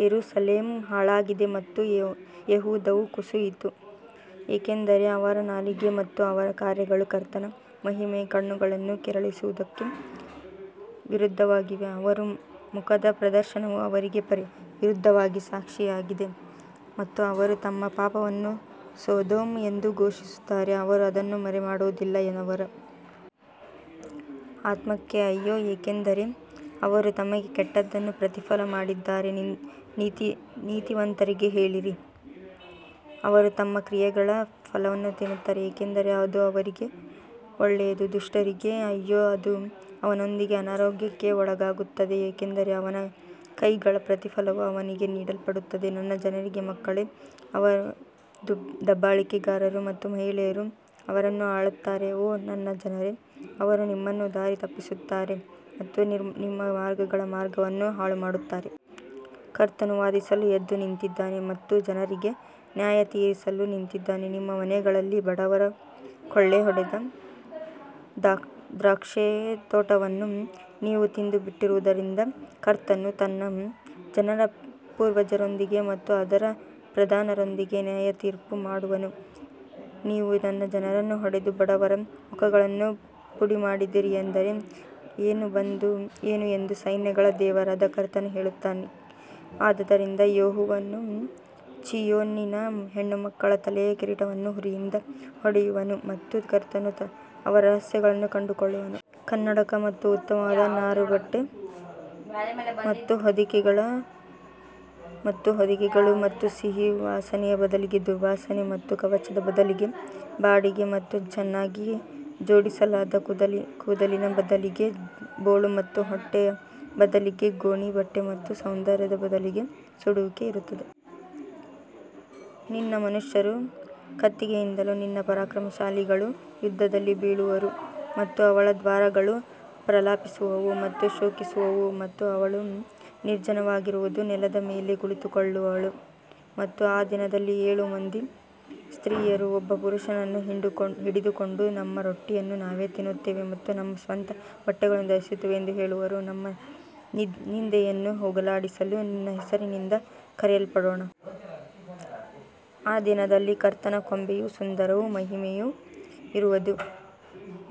ಯೆರೂಸಲೇಮ್ ಹಾಳಾಗಿದೆ ಮತ್ತು ಯೆಹೂದವು ಕುಸಿಯಿತು ಏಕೆಂದರೆ ಅವರ ನಾಲಿಗೆ ಮತ್ತು ಅವರ ಕಾರ್ಯಗಳು ಕರ್ತನ ಮಹಿಮೆಯ ಕಣ್ಣುಗಳನ್ನು ಕೆರಳಿಸುವದಕ್ಕೆ ವಿರುದ್ಧವಾಗಿವೆ. ಅವರ ಮುಖದ ಪ್ರದರ್ಶನವು ಅವರಿಗೆ ವಿರುದ್ಧವಾಗಿ ಸಾಕ್ಷಿಯಾಗಿದೆ ಮತ್ತು ಅವರು ತಮ್ಮ ಪಾಪವನ್ನು ಸೊದೋಮ್ ಎಂದು ಘೋಷಿಸುತ್ತಾರೆ ಅವರು ಅದನ್ನು ಮರೆಮಾಡುವುದಿಲ್ಲ ಅವರ ಆತ್ಮಕ್ಕೆ ಅಯ್ಯೋ ಏಕೆಂದರೆ ಅವರು ತಮಗೇ ಕೆಟ್ಟದ್ದನ್ನು ಪ್ರತಿಫಲ ಮಾಡಿದ್ದಾರೆ ನೀತಿವಂತರಿಗೆ ಹೇಳಿರಿ, ಅವರು ತಮ್ಮ ಕ್ರಿಯೆಗಳ ಫಲವನ್ನು ತಿನ್ನುತ್ತಾರೆ ಏಕೆಂದರೆ ಅದು ಅವರಿಗೆ ಒಳ್ಳೆಯದು ದುಷ್ಟರಿಗೆ ಅಯ್ಯೋ ಅದು ಅವನೊಂದಿಗೆ ಅನಾರೋಗ್ಯಕ್ಕೆ ಒಳಗಾಗುತ್ತದೆ ಏಕೆಂದರೆ ಅವನ ಕೈಗಳ ಪ್ರತಿಫಲವು ಅವನಿಗೆ ನೀಡಲ್ಪಡುತ್ತದೆ ನನ್ನ ಜನರಿಗೆ ಮಕ್ಕಳೇ ಅವರ ದಬ್ಬಾಳಿಕೆಗಾರರು ಮತ್ತು ಮಹಿಳೆಯರು ಅವರನ್ನು ಆಳುತ್ತಾರೆ ಓ ನನ್ನ ಜನರೇ ಅವರು ನಿಮ್ಮನ್ನು ದಾರಿ ತಪ್ಪಿಸುತ್ತಾರೆ ಮತ್ತು ನಿಮ್ಮ ಮಾರ್ಗಗಳ ಮಾರ್ಗವನ್ನು ಹಾಳುಮಾಡುತ್ತಾರೆ. ಕರ್ತನು ವಾದಿಸಲು ಎದ್ದು ನಿಂತಿದ್ದಾನೆ ಮತ್ತು ಜನರಿಗೆ ನ್ಯಾಯತೀರಿಸಲು ನಿಂತಿದ್ದಾನೆ ನಿಮ್ಮ ಮನೆಗಳಲ್ಲಿ ಬಡವರ ಕೊಳ್ಳೆಹೊಡೆದ ದ್ರಾಕ್ಷೇತೋಟವನ್ನು ನೀವು ತಿಂದುಬಿಟ್ಟಿರುವದರಿಂದ ಕರ್ತನು ತನ್ನ ಜನರ ಪೂರ್ವಜರೊಂದಿಗೆ ಮತ್ತು ಅದರ ಪ್ರಧಾನರೊಂದಿಗೆ ನ್ಯಾಯತೀರ್ಪು ಮಾಡುವನು. ನೀವು ನನ್ನ ಜನರನ್ನು ಹೊಡೆದು ಬಡವರ ಮುಖಗಳನ್ನು ಪುಡಿಮಾಡಿದಿರಿ ಎಂದರೆ ಏನು ಎಂದು ಸೈನ್ಯಗಳ ದೇವರಾದ ಕರ್ತನು ಹೇಳುತ್ತಾನೆ ಆದದರಿಂದ ಯೆಹೋವನು ಚೀಯೋನಿನ ಹೆಣ್ಣುಮಕ್ಕಳ ತಲೆಯ ಕಿರೀಟವನ್ನು ಹುರಿಯಿಂದ ಹೊಡೆಯುವನು ಮತ್ತು ಕರ್ತನು ಅವರ ರಹಸ್ಯಗಳನ್ನು ಕಂಡುಕೊಳ್ಳುವನು. ಕನ್ನಡಕ ಮತ್ತು ಉತ್ತಮವಾದ ನಾರುಬಟ್ಟೆ ಮತ್ತು ಹೊದಿಕೆಗಳು ಮತ್ತು ಹೊದಿಕೆಗಳು ಮತ್ತು ಸಿಹಿ ವಾಸನೆಯ ಬದಲಿಗೆ ದುರ್ವಾಸನೆ ಮತ್ತು ಕವಚದ ಬದಲಿಗೆ ಬಾಡಿಗೆ ಮತ್ತು ಚೆನ್ನಾಗಿ ಜೋಡಿಸಲಾದ ಕೂದಲಿನ ಬದಲಿಗೆ ಬೋಳು ಮತ್ತು ಹೊಟ್ಟೆಯ ಬದಲಿಗೆ ಗೋಣಿ ಬಟ್ಟೆ ಮತ್ತು ಸೌಂದರ್ಯದ ಬದಲಿಗೆ ಸುಡುವಿಕೆ ಇರುತ್ತದೆ. ನಿನ್ನ ಮನುಷ್ಯರು ಕತ್ತಿಯಿಂದಲೂ ನಿನ್ನ ಪರಾಕ್ರಮಶಾಲಿಗಳೂ ಯುದ್ಧದಲ್ಲಿ ಬೀಳುವರು ಮತ್ತು ಅವಳ ದ್ವಾರಗಳು ಪ್ರಲಾಪಿಸುವವು ಮತ್ತು ಶೋಕಿಸುವವು ಮತ್ತು ಅವಳು ನಿರ್ಜನವಾಗಿರುವದು ನೆಲದ ಮೇಲೆ ಕುಳಿತುಕೊಳ್ಳುವಳು ಮತ್ತು ಆ ದಿನದಲ್ಲಿ ಏಳು ಮಂದಿ ಸ್ತ್ರೀಯರು ಒಬ್ಬ ಪುರುಷನನ್ನು ಹಿಡಿದುಕೊಂಡು ನಮ್ಮ ರೊಟ್ಟಿಯನ್ನು ನಾವೇ ತಿನ್ನುತ್ತೇವೆ ಮತ್ತು ನಮ್ಮ ಸ್ವಂತ ಬಟ್ಟೆಗಳನ್ನು ಧರಿಸುತ್ತೇವೆ ಎಂದು ಹೇಳುವರು, ನಮ್ಮ ನಿಂದೆಯನ್ನು ಹೋಗಲಾಡಿಸಲು ನಿನ್ನ ಹೆಸರಿನಿಂದ ಕರೆಯಲ್ಪಡೋಣ. ಆ ದಿನದಲ್ಲಿ ಕರ್ತನ ಕೊಂಬೆಯು ಸುಂದರವೂ ಮಹಿಮೆಯೂ ಇರುವದು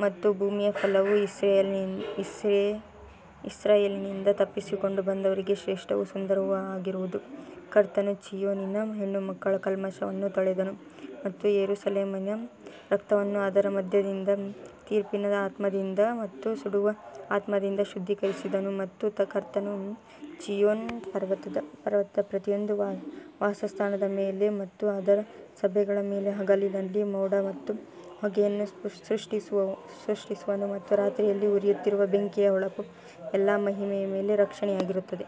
ಮತ್ತು ಭೂಮಿಯ ಫಲವು ಇಸ್ರಾಯೇಲಿನಿಂದ ತಪ್ಪಿಸಿಕೊಂಡು ಬಂದವರಿಗೆ ಶ್ರೇಷ್ಠವೂ ಸುಂದರವೂ ಆಗಿರುವುದು. ಕರ್ತನು ಚೀಯೋನಿನ ಹೆಣ್ಣುಮಕ್ಕಳ ಕಲ್ಮಶವನ್ನು ತೊಳೆದನು ಮತ್ತು ಯೆರೂಸಲೇಮಿನ ರಕ್ತವನ್ನು ಅದರ ಮಧ್ಯದಿಂದ ತೀರ್ಪಿನ ಆತ್ಮದಿಂದ ಮತ್ತು ಸುಡುವ ಆತ್ಮದಿಂದ ಶುದ್ಧೀಕರಿಸಿದನು. ಮತ್ತು ಕರ್ತನು ಚೀಯೋನ್ ಪರ್ವತದ ಪ್ರತಿಯೊಂದು ವಾಸಸ್ಥಾನದ ಮೇಲೆ ಮತ್ತು ಅದರ ಸಭೆಗಳ ಮೇಲೆ ಹಗಲಿನಲ್ಲಿ ಮೋಡ ಮತ್ತು ಹೊಗೆಯನ್ನು ಸೃಷ್ಟಿಸುವನು ಮತ್ತು ರಾತ್ರಿಯಲ್ಲಿ ಉರಿಯುತ್ತಿರುವ ಬೆಂಕಿಯ ಹೊಳಪು ಎಲ್ಲಾ ಮಹಿಮೆಯ ಮೇಲೆ ರಕ್ಷಣೆಯಾಗಿರುತ್ತದೆ.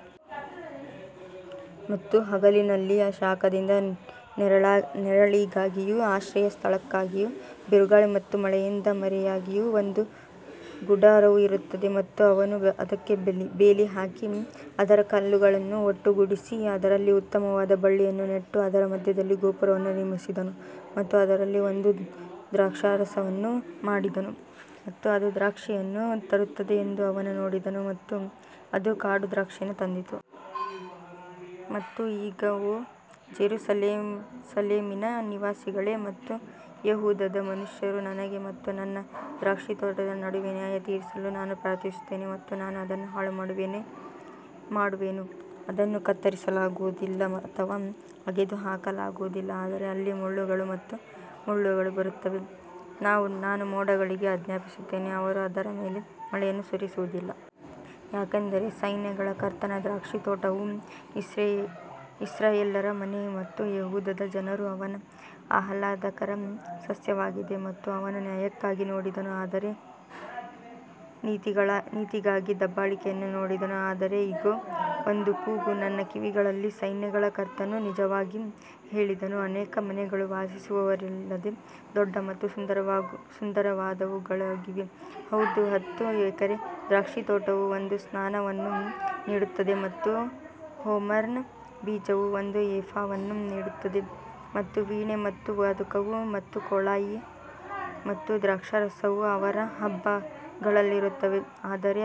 ಮತ್ತು ಹಗಲಿನಲ್ಲಿ ಶಾಖದಿಂದ ನೆರಳಿಗಾಗಿಯೂ ಆಶ್ರಯ ಸ್ಥಳಕ್ಕಾಗಿಯೂ ಬಿರುಗಾಳಿ ಮತ್ತು ಮಳೆಯಿಂದ ಮರೆಯಾಗಿಯೂ ಒಂದು ಗುಡಾರವು ಇರುತ್ತದೆ. ಮತ್ತು ಅವನು ಅದಕ್ಕೆ ಬೇಲಿ ಹಾಕಿ ಅದರ ಕಲ್ಲುಗಳನ್ನು ಒಟ್ಟುಗೂಡಿಸಿ ಅದರಲ್ಲಿ ಉತ್ತಮವಾದ ಬಳ್ಳಿಯನ್ನು ನೆಟ್ಟು ಅದರ ಮಧ್ಯದಲ್ಲಿ ಗೋಪುರವನ್ನು ನಿರ್ಮಿಸಿದನು ಮತ್ತು ಅದರಲ್ಲಿ ಒಂದು ದ್ರಾಕ್ಷಾರಸವನ್ನು ಮಾಡಿದನು ಮತ್ತು ಅದು ದ್ರಾಕ್ಷಿಯನ್ನು ತರುತ್ತದೆ ಎಂದು ಅವನು ನೋಡಿದನು ಮತ್ತು ಅದು ಕಾಡು ದ್ರಾಕ್ಷಿಯನ್ನು ತಂದಿತು. ಮತ್ತು ಈಗ ಓ ಜೆರುಸಲೇಮಿನ ನಿವಾಸಿಗಳೇ ಮತ್ತು ಯೆಹೂದದ ಮನುಷ್ಯರು ನನಗೆ ಮತ್ತು ನನ್ನ ದ್ರಾಕ್ಷಿತೋಟದ ನಡುವೆ ನ್ಯಾಯತೀರಿಸಲು ನಾನು ಪ್ರಾರ್ಥಿಸುತ್ತೇನೆ ಮತ್ತು ನಾನು ಅದನ್ನು ಹಾಳುಮಾಡುವೆನು ಅದನ್ನು ಕತ್ತರಿಸಲಾಗುವುದಿಲ್ಲ ಅಥವಾ ಅಗೆದು ಹಾಕಲಾಗುವುದಿಲ್ಲ ಆದರೆ ಅಲ್ಲಿ ಮುಳ್ಳುಗಳು ಮತ್ತು ಮುಳ್ಳುಗಳು ಬರುತ್ತವೆ, ನಾನು ಮೋಡಗಳಿಗೆ ಆಜ್ಞಾಪಿಸುತ್ತೇನೆ ಅವರು ಅದರ ಮೇಲೆ ಮಳೆಯನ್ನು ಸುರಿಸುವುದಿಲ್ಲ. ಯಾಕಂದರೆ ಸೈನ್ಯಗಳ ಕರ್ತನ ದ್ರಾಕ್ಷಿತೋಟವು ಇಸ್ರಾಯೇಲ್ಯರ ಮನೆ ಮತ್ತು ಯೆಹೂದದ ಜನರು ಅವನ ಆಹ್ಲಾದಕರ ಸಸ್ಯವಾಗಿದೆ ಮತ್ತು ಅವನು ನ್ಯಾಯಕ್ಕಾಗಿ ನೋಡಿದನು ಆದರೆ ನೀತಿಗಾಗಿ ದಬ್ಬಾಳಿಕೆಯನ್ನು ನೋಡಿದನು ಆದರೆ ಇಗೋ ಒಂದು ಕೂಗು ನನ್ನ ಕಿವಿಗಳಲ್ಲಿ ಸೈನ್ಯಗಳ ಕರ್ತನು ನಿಜವಾಗಿ ಹೇಳಿದನು, ಅನೇಕ ಮನೆಗಳು ವಾಸಿಸುವವರಿಲ್ಲದೆ ದೊಡ್ಡ ಮತ್ತು ಸುಂದರವಾದವುಗಳಾಗಿವೆ ಹೌದು ಹತ್ತು ಎಕರೆ ದ್ರಾಕ್ಷಿತೋಟವು ಒಂದು ಸ್ನಾನವನ್ನು ನೀಡುತ್ತದೆ ಮತ್ತು ಹೋಮರ್ನ ಬೀಜವು ಒಂದು ಎಫಾವನ್ನು ನೀಡುತ್ತದೆ ಮತ್ತು ವೀಣೆ ಮತ್ತು ವಾದಕವು ಮತ್ತು ಕೊಳಾಯಿ ಮತ್ತು ದ್ರಾಕ್ಷಾರಸವು ಅವರ ಹಬ್ಬಗಳಲ್ಲಿರುತ್ತವೆ ಆದರೆ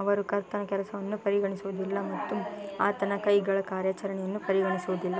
ಅವರು ಕರ್ತನ ಕೆಲಸವನ್ನು ಪರಿಗಣಿಸುವುದಿಲ್ಲ ಮತ್ತು ಆತನ ಕೈಗಳ ಕಾರ್ಯಾಚರಣೆಯನ್ನು ಪರಿಗಣಿಸುವುದಿಲ್ಲ.